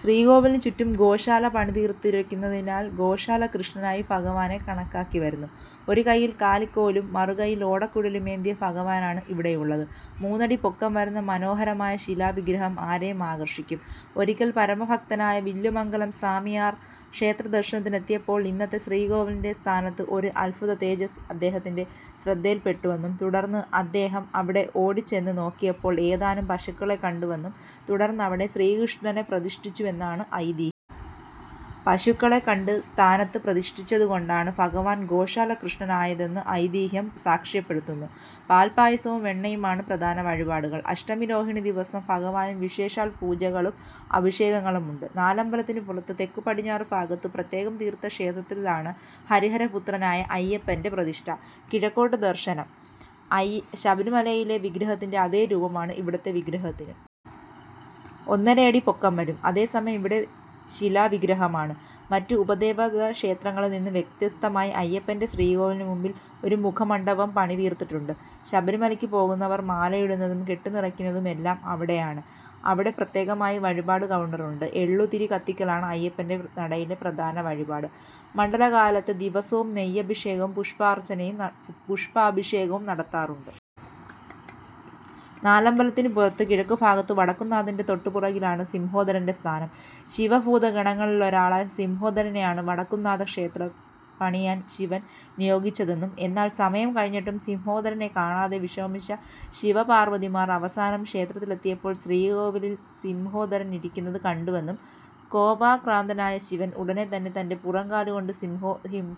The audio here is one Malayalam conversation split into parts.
ശ്രീകോവിലിനുചുറ്റും ഗോശാല പണിതീർത്തിരിയ്ക്കുന്നതിനാൽ ഗോശാലകൃഷ്ണനായി ഭഗവാനെ കണക്കാക്കിവരുന്നു. ഒരുകയ്യിൽ കാലിക്കോലും മറുകയ്യിൽ ഓടക്കുഴലുമേന്തിയ ഭഗവാനാണ് ഇവിടെയുള്ളത്. മൂന്നടി പൊക്കം വരുന്ന മനോഹരമായ ശിലാവിഗ്രഹം ആരെയും ആകർഷിയ്ക്കും. ഒരിയ്ക്കൽ പരമഭക്തനായ വില്വമംഗലം സ്വാമിയാർ ക്ഷേത്രദർശനത്തിനെത്തിയപ്പോൾ ഇന്നത്തെ ശ്രീകോവിലിന്റെ സ്ഥാനത്ത് ഒരു അത്ഭുതതേജസ്സ് അദ്ദേഹത്തിന്റെ ശ്രദ്ധയിൽ പെട്ടുവെന്നും തുടർന്ന് അദ്ദേഹം അവിടെ ഓടിച്ചെന്ന് നോക്കിയപ്പോൾ ഏതാനും പശുക്കളെ കണ്ടുവെന്നും തുടർന്ന് അവിടെ ശ്രീകൃഷ്ണനെ പ്രതിഷ്ഠിച്ചുവെന്നുമാണ് ഐതിഹ്യം. പശുക്കളെ കണ്ട് സ്ഥാനത്ത് പ്രതിഷ്ഠിച്ചതുകൊണ്ടാണ് ഭഗവാൻ ഗോശാലകൃഷ്ണനായതെന്ന് ഐതിഹ്യം സാക്ഷ്യപ്പെടുത്തുന്നു. പാൽപ്പായസവും വെണ്ണയുമാണ് പ്രധാന വഴിപാടുകൾ. അഷ്ടമിരോഹിണിദിവസം ഭഗവാന് വിശേഷാൽ പൂജകളും അഭിഷേകങ്ങളുമുണ്ട്. നാലമ്പലത്തിനുപുറത്ത് തെക്കുപടിഞ്ഞാറുഭാഗത്ത് പ്രത്യേകം തീർത്ത ക്ഷേത്രത്തിലാണ് ഹരിഹരപുത്രനായ അയ്യപ്പന്റെ പ്രതിഷ്ഠ. കിഴക്കോട്ട് ദർശനം. ശബരിമലയിലെ വിഗ്രഹത്തിന്റെ അതേ രൂപമാണ് ഇവിടത്തെ വിഗ്രഹത്തിനും. ഒന്നരയടി പൊക്കം വരും. അതേസമയം ഇവിടെ ശിലാവിഗ്രഹമാണ്. മറ്റ് ഉപദേവതാക്ഷേത്രങ്ങളിൽനിന്ന് വ്യത്യസ്തമായി അയ്യപ്പന്റെ ശ്രീകോവിലിനുമുന്നിൽ ഒരു മുഖമണ്ഡപം പണിതീർത്തിട്ടുണ്ട്. ശബരിമലയ്ക്ക് പോകുന്നവർ മാലയിടുന്നതും കെട്ടുനിറയ്ക്കുന്നതുമെല്ലാം അവിടെയാണ്. അവിടെ പ്രത്യേകമായി വഴിപാട് കൗണ്ടറുമുണ്ട്. എള്ളുതിരി കത്തിയ്ക്കലാണ് അയ്യപ്പന്റെ നടയിലെ പ്രധാന വഴിപാട്. മണ്ഡലകാലത്ത് ദിവസവും നെയ്യഭിഷേകവും പുഷ്പാഭിഷേകവും നടത്താറുണ്ട്. നാലമ്പലത്തിനുപുറത്ത് കിഴക്കുഭാഗത്ത് വടക്കുംനാഥന്റെ തൊട്ടുപുറകിലാണ് സിംഹോദരന്റെ സ്ഥാനം. ശിവഭൂതഗണങ്ങളിലൊരാളായ സിംഹോദരനെയാണ് വടക്കുംനാഥക്ഷേത്രം പണിയാൻ ശിവൻ നിയോഗിച്ചതെന്നും എന്നാൽ സമയം കഴിഞ്ഞിട്ടും സിംഹോദരനെ കാണാതെ വിഷമിച്ച ശിവപാർവ്വതിമാർ അവസാനം ക്ഷേത്രത്തിലെത്തിയപ്പോൾ ശ്രീകോവിലിൽ സിംഹോദരനിരിയ്ക്കുന്നത് കണ്ടുവെന്നും കോപാക്രാന്തനായ ശിവൻ ഉടനെത്തന്നെ തന്റെ പുറംകാലുകൊണ്ട്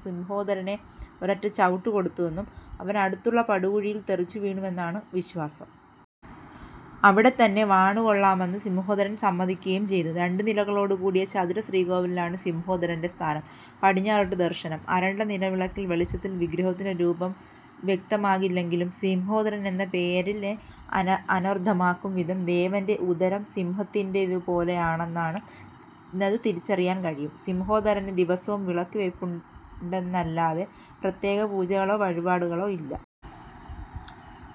സിംഹോദരന് ഒരൊറ്റ ചവിട്ടുകൊടുത്തുവെന്നും അവൻ അടുത്തുള്ള പടുകുഴിയിൽ തെറിച്ചുവീണുവെന്നുമാണ് വിശ്വാസം. അവിടെത്തന്നെ വാണുകൊള്ളാമെന്ന് സിംഹോദരൻ സമ്മതിയ്ക്കുകയും ചെയ്തു. രണ്ടുനിലകളോടുകൂടിയ ചതുരശ്രീകോവിലിലാണ് സിംഹോദരന്റെ സ്ഥാനം. പടിഞ്ഞാട്ട് ദർശനം. അരണ്ട നിലവിളക്കിൻ വെളിച്ചത്തിൽ വിഗ്രഹത്തിന്റെ രൂപം വ്യക്തമാകില്ലെങ്കിലും സിംഹോദരൻ എന്ന പേരിനെ അന്വർത്ഥമാക്കും വിധം ദേവന്റെ ഉദരം സിംഹത്തിന്റേതുപോലെയാണെന്നത് തിരിച്ചറിയാൻ കഴിയും. സിംഹോദരന് ദിവസവും വിളക്കുവയ്പുണ്ടെന്നല്ലാതെ പ്രത്യേകപൂജകളോ വഴിപാടുകളോ ഇല്ല.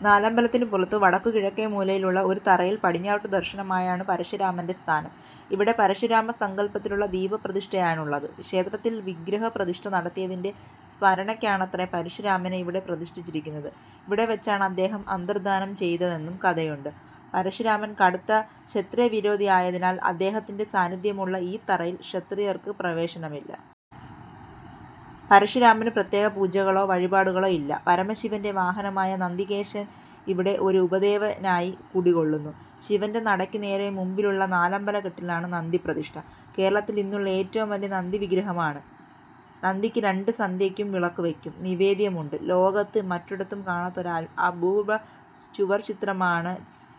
നാലമ്പലത്തിനുപുറത്ത് വടക്കുകിഴക്കേമൂലയിലുള്ള ഒരു തറയിൽ പടിഞ്ഞാട്ട് ദർശനമായാണ് പരശുരാമന്റെ സ്ഥാനം. ഇവിടെ പരശുരാമസങ്കല്പത്തിലുള്ള ദീപപ്രതിഷ്ഠയാണുള്ളത്. ക്ഷേത്രത്തിൽ വിഗ്രഹപ്രതിഷ്ഠ നടത്തിയതിന്റെ സ്മരണയ്ക്കാണത്രേ പരശുരാമനെ ഇവിടെ പ്രതിഷ്ഠിച്ചിരിയ്ക്കുന്നത്. ഇവിടെ വച്ചാണ് അദ്ദേഹം അന്തർദ്ധാനം ചെയ്തതെന്നും കഥയുണ്ട്. പരശുരാമൻ കടുത്ത ക്ഷത്രിയവിരോധിയായതിനാൽ അദ്ദേഹത്തിന്റെ സാന്നിദ്ധ്യമുള്ള ഈ തറയിലേയ്ക്ക് ക്ഷത്രിയർക്ക് പ്രവേശനമില്ല. പരശുരാമന് പ്രത്യേകപൂജകളോ വഴിപാടുകളോ ഇല്ല. പരമശിവന്റെ വാഹനമായ നന്തികേശ്വരൻ ഇവിടെ ഒരു ഉപദേവനായി കുടികൊള്ളുന്നു. ശിവന്റെ നടയ്ക്കുനേരെ മുമ്പിലുള്ള നാലമ്പലക്കെട്ടിലാണ് നന്തിപ്രതിഷ്ഠ. കേരളത്തിൽ ഇന്നുള്ള ഏറ്റവും വലിയ നന്തിവിഗ്രഹമാണിത്. നന്തിയ്ക്ക് രണ്ട് സന്ധ്യയ്ക്കും വിളക്കുവയ്പും നിവേദ്യവുമുണ്ട്. ലോകത്ത് മറ്റൊരിടത്തും കാണാത്ത ഒരു അത്ഭുത ചുവർച്ചിത്രമാണ്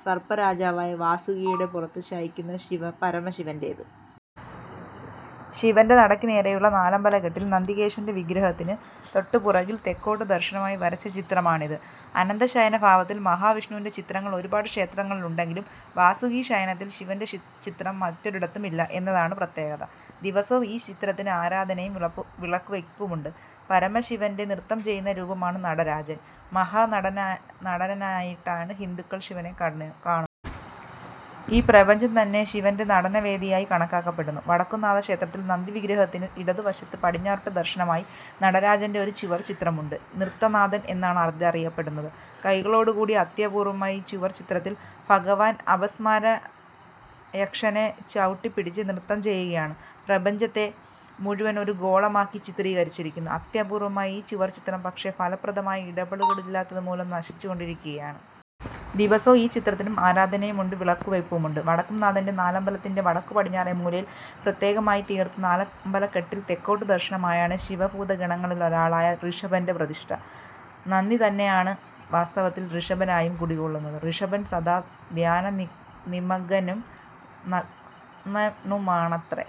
സർപ്പരാജാവായ വാസുകിയുടെ പുറത്ത് ശയിയ്ക്കുന്ന പരമശിവന്റേത്. ശിവന്റെ നടയ്ക്കുനേരെയുള്ള നാലമ്പലക്കെട്ടിൽ നന്തികേശ്വരന്റെ വിഗ്രഹത്തിന് തൊട്ടുപുറകിൽ തെക്കോട്ട് ദർശനമായി വരച്ച ചിത്രമാണിത്. അനന്തശയനഭാവത്തിൽ മഹാവിഷ്ണുവിന്റെ ചിത്രങ്ങൾ ഒരുപാട് സ്ഥലങ്ങളിലുണ്ടെങ്കിലും വാസുകീശയനഭാവത്തിൽ ശിവന്റെ ചിത്രം മറ്റൊരിടത്തുമില്ല എന്നതാണ് പ്രത്യേകത. ദിവസവും ഈ ചിത്രത്തിന് ആരാധനയും വിളക്കുവയ്പുമുണ്ട്. പരമശിവന്റെ നൃത്തം ചെയ്യുന്ന രൂപമാണ് നടരാജൻ. മഹാനടനനായിട്ടാണ് ഹിന്ദുക്കൾ ശിവനെ കാണുന്നത്. ഈ പ്രപഞ്ചം തന്നെ ശിവന്റെ നടനവേദിയായി കണക്കാക്കപ്പെടുന്നു. വടക്കുംനാഥക്ഷേത്രത്തിൽ നന്തിവിഗ്രഹത്തിന് ഇടതുവശത്ത് പടിഞ്ഞാട്ട് ദർശനമായി നടരാജന്റെ ഒരു ചുവർച്ചിത്രമുണ്ട്. നൃത്തനാഥൻ എന്നാണ് ഇതറിയപ്പെടുന്നത്. കൈകളോടുകൂടിയ അത്യപൂർവ്വമായ ഈ ചുവർച്ചിത്രത്തിൽ ഭഗവാൻ അപസ്മാരയക്ഷനെ ചവുട്ടിപ്പിടിച്ച് നൃത്തം ചെയ്യുകയാണ്. പ്രപഞ്ചത്തെ മുഴുവൻ ഒരു ഗോളമാക്കി ചിത്രികരിച്ചിരിയ്ക്കുന്നു. അത്യപൂർവ്വമായ ഈ ചുവർച്ചിത്രം, പക്ഷേ ഫലപ്രദമായ ഇടപെടലില്ലാത്തതുമൂലം ഇത് നശിച്ചുകൊണ്ടിരിയ്ക്കുകയാണ്. ദിവസവും ഈ ചിത്രത്തിനും ആരാധനയും വിളക്കുവയ്പുമുണ്ട്. വടക്കുംനാഥന്റെ നാലമ്പലത്തിന്റെ വടക്കുപടിഞ്ഞാറേമൂലയിൽ പ്രത്യേകമായിത്തീർത്ത് നാലമ്പലക്കെട്ടിൽ തെക്കോട്ട് ദർശനമായാണ് ശിവഭൂതഗണങ്ങളിലൊരാളായ ഋഷഭന്റെ പ്രതിഷ്ഠ. നന്ദി തന്നെയാണ് വാസ്തവത്തിൽ ഋഷഭനായും കുടികൊള്ളുന്നത്. ഋഷഭൻ സദാ ധ്യാനനിമഗ്നനും നഗ്നണുമാണത്രേ!